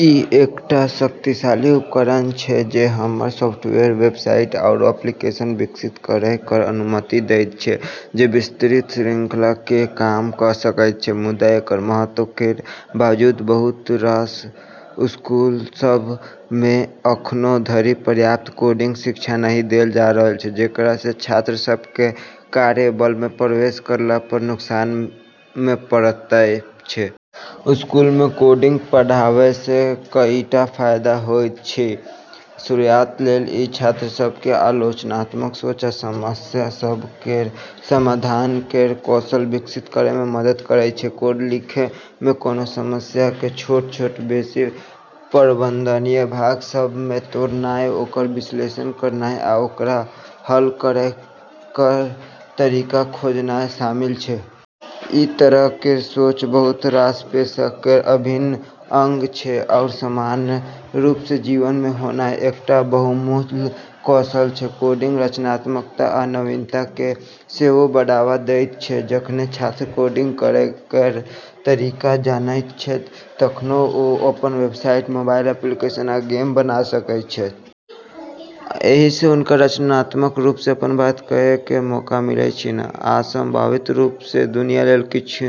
ई एकटा शक्तिशाली उपकरण छै जे हमरा सॉफ्टवेयर, वेबसाइट, आरू एप्लीकेशन विकसित करै केर अनुमति दैत छै जे विस्तृत श्रृंखला केर काम कऽ सकैत छै। मुदा एकर महत्व केर बावजूद बहुत रास स्कूल सभ मे अखनो धरि पर्याप्त कोडिंग शिक्षा नहि देल जा रहल छै, जेकरा सँ छात्र सभ केँ कार्यबल मे प्रवेश करला पर नुकसान मे पड़ैत छै। स्कूल मे कोडिंग पढ़ाबै सँ कईटा फायदा होइत अछि। शुरुआत लेल ई छात्र सभ केँ आलोचनात्मक सोच आ समस्या सभ केर समाधान केर कौशल विकसित करै मे मदद करैत छै। कोड लिखै मे कोनो समस्या केँ छोट-छोट, बेसी प्रबंधनीय भाग सभ मे तोड़नाय, ओकर विश्लेषण करनाय आ ओकरा हल करै केर तरीका खोजनाय शामिल छै। ई तरह केर सोच बहुत रास पेशा केर अभिन्न अंग छै आरू सामान्य रूप सँ जीवन मे होनाय एकटा बहुमूल्य कौशल छै। कोडिंग रचनात्मकता आ नवीनता केँ सेहो बढ़ावा दैत छै। जखन छात्र कोडिंग करै केर तरीका जानैत छैथ तखन ओ अपन वेबसाइट, मोबाइल एप्लीकेशन, आ गेम बना सकैत छैथ। एहि सँ हुनका रचनात्मक रूप सँ अपन बात कहै केर मौका मिलैत छन्हि आ संभावित रूप सँ दुनिया लेल किछ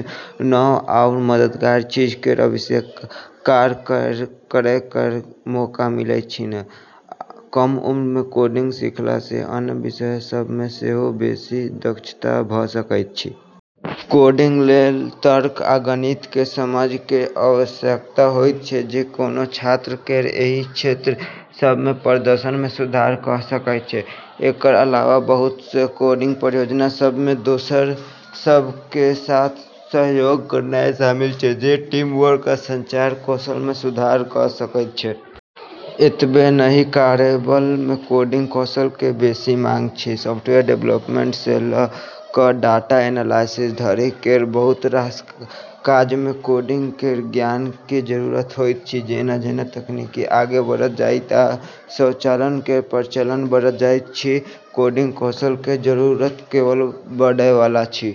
नव आओर मददगार चीज केर आविष्कार करै केर मौका मिलैत छन्हि। कम उम्र मे कोडिंग सीखला सँ अन्य विषय सभ मे सेहो बेसी दक्षता भऽ सकैत अछि। कोडिंग लेल तर्क आ गणित केर समझ केर आवश्यकता होइत छै, जे कोनो छात्र केर एहि क्षेत्र सभ मे प्रदर्शन मे सुधार कऽ सकैत छै। एकर अलावा, बहुत सँ कोडिंग परियोजना सभ मे दोसर सभ केर साथ सहयोग करनाय शामिल छै, जे टीमवर्क आ संचार कौशल मे सुधार कऽ सकैत छै। एतबे नहि, कार्यबल मे कोडिंग कौशल केर बेसी माँग अछि। सॉफ्टवेयर डेवलपमेंट सँ लऽ कऽ डाटा एनालिसिस धरि केर बहुत रास काज मे कोडिंग केर ज्ञान केर जरूरत होइत अछि। जेना-जेना तकनीक आगू बढ़ैत जायत आ स्वचालन केर प्रचलन बढ़ैत जायत अछि, कोडिंग कौशल केर जरूरत केवल बढ़ै वाला अछि।